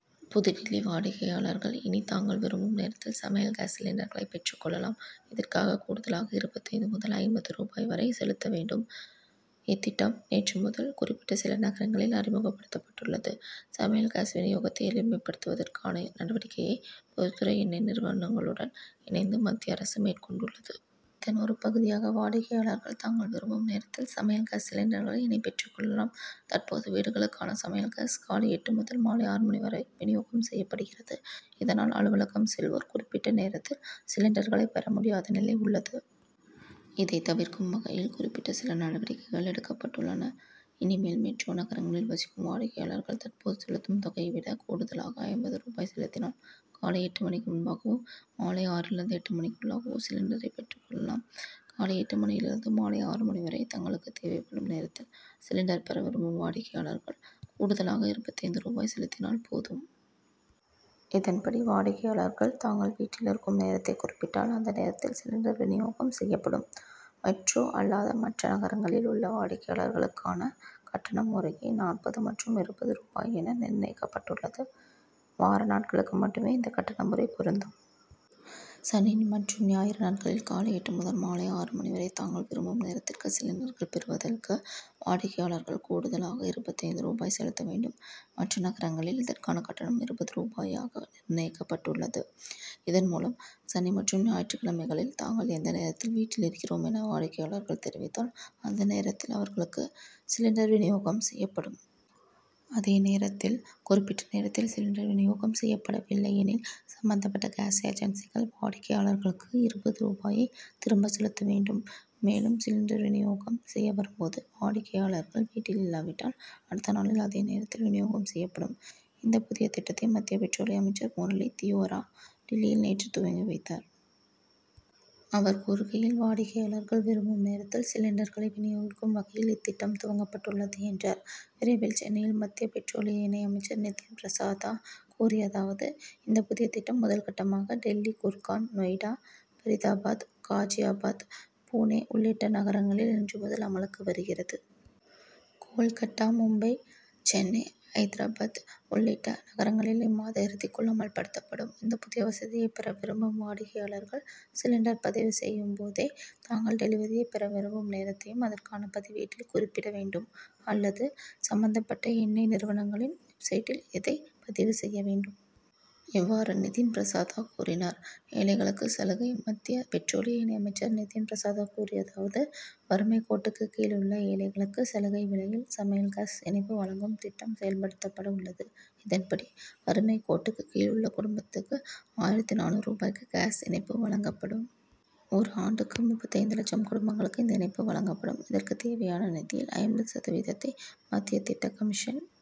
புதுடில்லி வாடிக்கையாளர்கள், இனி தாங்கள் விரும்பும் நேரத்தில் சமையல் காஸ் சிலிண்டர்களை பெற்றுக் கொள்ளலாம். இதற்காக கூடுதலாக இருபத்தைந்து முதல், ஐம்பது ரூபாய் வரை செலுத்த வேண்டும். இத்திட்டம், நேற்று முதல் குறிப்பிட்ட சில நகரங்களில் அறிமுகப்படுத்தப்பட்டுள்ளது. சமையல் காஸ் வினியோகத்தை எளிமைப்படுத்துவதற்கான நடவடிக்கையை, பொதுத்துறை எண்ணெய் நிறுவனங்களுடன் இணைந்து, மத்திய அரசு மேற்கொண்டுள்ளது. இதன் ஒரு பகுதியாக, வாடிக்கையாளர்கள், தாங்கள் விரும்பும் நேரத்தில் சமையல் காஸ் சிலிண்டர்களை இனி பெற்றுக் கொள்ளலாம். தற்போது, வீடுகளுக்கான சமையல் காஸ், காலை எட்டு முதல், மாலை ஆறு மணி வரை வினியோகம் செய்யப்படுகிறது. இதனால் அலுவலகம் செல்வோர், குறிப்பிட்ட நேரத்தில் சிலிண்டர்களை பெற முடியாத நிலை உள்ளது. இதை தவிர்க்கும் வகையில், குறிப்பிட்ட சில நடவடிக்கைகள் எடுக்கப்பட்டுள்ளன. இனிமேல், மெட்ரோ நகரங்களில் வசிக்கும் வாடிக்கையாளர்கள் தற்போது செலுத்தும் தொகையை விட, கூடுதலாக ஐம்பது ரூபாய் செலுத்தினால், காலை எட்டு மணிக்கு முன்பாகவோ, மாலை ஆறிலிருந்து எட்டு மணிக்குள்ளாகவோ சிலிண்டரை பெற்றுக் கொள்ளலாம். காலை எட்டு மணியில் இருந்து, மாலை ஆறு மணி வரை, தங்களுக்கு தேவைப்படும் நேரத்தில் சிலிண்டர் பெற விரும்பும் வாடிக்கையாளர்கள், கூடுதலாக இருபத்தைந்து ரூபாய் செலுத்தினால் போதும். இதன்படி, வாடிக்கையாளர்கள், தாங்கள் வீட்டில் இருக்கும் நேரத்தை குறிப்பிட்டால், அந்த நேரத்தில் சிலிண்டர் வினியோகம் செய்யப்படும். மெட்ரோ அல்லாத மற்ற நகரங்களில் உள்ள வாடிக்கையாளர்களுக்கான கட்டணம் முறையே நாற்பது மற்றும் இருபது ரூபாய் என, நிர்ணயிக்கப்பட்டுள்ளது. வார நாட்களுக்கு மட்டுமே இந்த கட்டண முறை பொருந்தும். சனி மற்றும் ஞாயிறு நாட்களில், காலை எட்டு முதல் மாலை ஆறு மணி வரை, தாங்கள் விரும்பும் நேரத்தில் சிலிண்டர்கள் பெறுவதற்கு, வாடிக்கையாளர்கள் கூடுதலாக இருபத்தைந்து ரூபாய் செலுத்த வேண்டும். மற்ற நகரங்களில் இதற்கான கட்டணம் இருபது ரூபாயாக நிர்ணயிக்கப்பட்டுள்ளது. இதன்மூலம், சனி மற்றும் ஞாயிற்றுக் கிழமைகளில், தாங்கள் எந்த நேரத்தில் வீட்டில் இருக்கிறோம் என, வாடிக்கையாளர்கள் தெரிவித்தால், அந்த நேரத்தில் அவர்களுக்கு சிலிண்டர் வினியோகம் செய்யப்படும். அதே நேரத்தில், குறிப்பிட்ட நேரத்தில் சிலிண்டர் வினியோகம் செய்யப்படவில்லை எனில், சம்பந்தப்பட்ட காஸ் ஏஜன்சிக்கள், வாடிக்கையாளர்களுக்கு இருபது ரூபாயை திரும்ப செலுத்த வேண்டும். மேலும், சிலிண்டர் வினியோகம் செய்ய வரும்போது, வாடிக்கையாளர்கள் வீட்டில் இல்லாவிட்டால், அடுத்த நாளில் அதே நேரத்தில் வினியோகம் செய்யப்படும். இந்த புதிய திட்டத்தை மத்திய பெட்ரோலிய அமைச்சர் முரளி தியோரா, டில்லியில் நேற்று துவக்கி வைத்தார். அவர் கூறுகையில், வாடிக்கையாளர்கள் விரும்பும் நேரத்தில் சிலிண்டர்களை வினியோகிக்கும் வகையில், இத்திட்டம் துவங்கப்பட்டுள்ளது என்றார். விரைவில் சென்னையில் மத்திய பெட்ரோலிய இணை அமைச்சர் நிதின் பிரசாதா கூறியதாவது இந்த புதிய திட்டம், முதல் கட்டமாக டில்லி, குர்கான், நொய்டா, பரிதாபாத், காஜியாபாத், புனே உள்ளிட்ட நகரங்களில் இன்று முதல் அமலுக்கு வருகிறது. கோல்கட்டா, மும்பை, சென்னை, ஐதராபாத் உள்ளிட்ட நகரங்களில் இம்மாத இறுதிக்குள் அமல்படுத்தப்படும். இந்த புதிய வசதியை பெற விரும்பும் வாடிக்கையாளர்கள், சிலிண்டர் பதிவு செய்யும்போதே, தாங்கள் டெலிவரியை பெற விரும்பும் நேரத்தையும் அதற்கான பதிவேட்டில் குறிப்பிட வேண்டும் அல்லது சம்பந்தப்பட்ட எண்ணெய் நிறுவனங்களின், வெப்சைட்டில் இதை பதிவு செய்ய வேண்டும். இவ்வாறு நிதின் பிரசாதா கூறினார். ஏழைகளுக்கு சலுகை மத்திய பெட்ரோலிய இணை அமைச்சர் நிதின் பிரசாதா கூறியதாவது வறுமைக் கோட்டுக்கு கீழ் உள்ள ஏழைகளுக்கு சலுகை விலையில் சமையல் காஸ் இணைப்பு வழங்கும் திட்டம் செயல்படுத்தப்பட உள்ளது. இதன்படி, வறுமைக் கோட்டுக்கு கீழ் உள்ள குடும்பத்துக்கு, ஆயிரத்து நானூறு ரூபாய்க்கு காஸ் இணைப்பு வழங்கப்படும். ஒரு ஆண்டுக்கு முப்பத்தைந்து லட்சம் குடும்பங்களுக்கு இந்த இணைப்பு வழங்கப்படும். இதற்கு தேவையான நிதியில், ஐம்பது சதவீதத்தை மத்திய திட்ட கமிஷன்